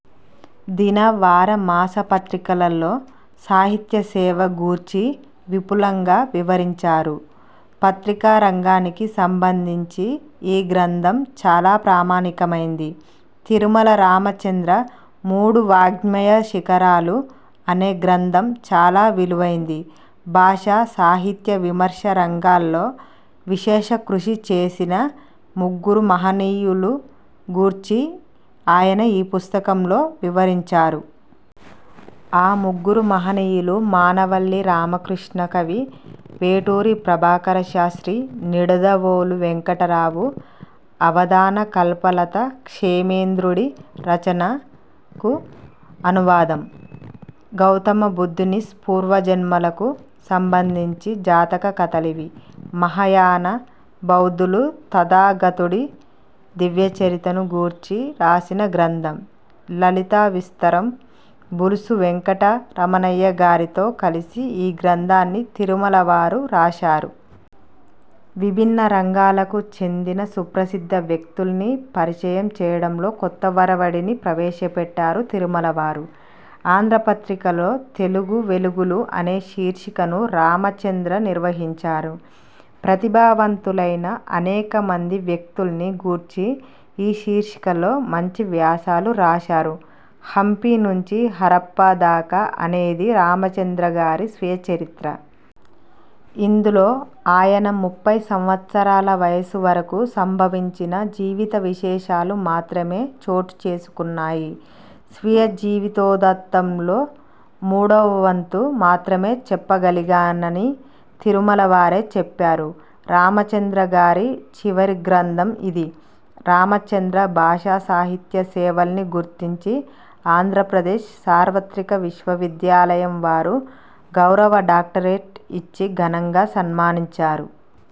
దిన, వార, మాసపత్రికల్లో సాహిత్య సేవ గూర్చి విపులంగా వివరించారు. పత్రికా రంగానికి సంబంధించి ఈ గ్రంథం చాలా ప్రామాణికమైంది. తిరుమల రామచంద్ర 'మూడు వాఙ్మయ శిఖరాలు' అనే గ్రంథం చాలా విలువైంది. భాషా, సాహిత్య విమర్శ రంగాల్లో విశేష కృషి చేసిన ముగ్గురు మహనీయులు గూర్చి ఆయన ఈ పుస్తకంలో వివరించారు. ఆ ముగ్గురు మహనీయులు: మానవల్లి రామకృష్ణ కవి, వేటూరి ప్రభాకర శాస్త్రి, నిడుదవోలు వేంకటరావు. 'అవదాన కల్పలత' క్షేమేంద్రుడి రచనకు అనువాదం. గౌతమబుద్ధుని పూర్వజన్మలకు సంబందించిన జాతక కథలివి. మహాయన బౌద్ధులు తథాగతుడి దివ్యచరిత్రను గూర్చి రాసిన గ్రంథం 'లలిత విస్తరం'. బులుసు వేంకట రమణయ్య గారితో కలసి ఈ గ్రంథాన్ని తిరుమల వారు రాశారు. విభిన్న రంగాలకు చెందిన సుప్రసిద్ధ వ్యక్తుల్ని పరిచయం చేయడంలో కొత్త ఒరవడిని ప్రవేశపెట్టారు తిరుమలవారు. 'ఆంధ్రపత్రిక'లో 'తెలుగు వెలుగులు' అనే శీర్షికను రామచంద్ర నిర్వహించారు. ప్రతిభావంతులైన అనేకమంది వ్యక్తుల్ని గూర్చి ఈ శీర్షికలో మంచి వ్యాసాలు రాశారు. 'హంపీ నుంచి హరప్పా దాక' అనేది రామచంద్రగారి 'స్వీయ చరిత్ర'. ఇందులో ఆయన ముప్పై సంవత్సరాల వయస్సు వరకు సంభవించిన జీవితవిశేషాలు మాత్రమే చోటు చేసుకున్నాయి. స్వీయ జీవితోదంతాల్లో మూడో వంతు మాత్రమే చెప్పగలిగానని తిరుమల వారే చెప్పారు. రామచంద్ర గారి చివరి గ్రంథం ఇది. రామచంద్ర భాషా సాహిత్య సేవల్ని గుర్తించి ఆంధ్రప్రదేశ్ సార్వత్రిక విశ్వవిద్యాలయం వారు గౌరవ డాక్టరేట్ ఇచ్చి ఘనంగా సన్మానించారు.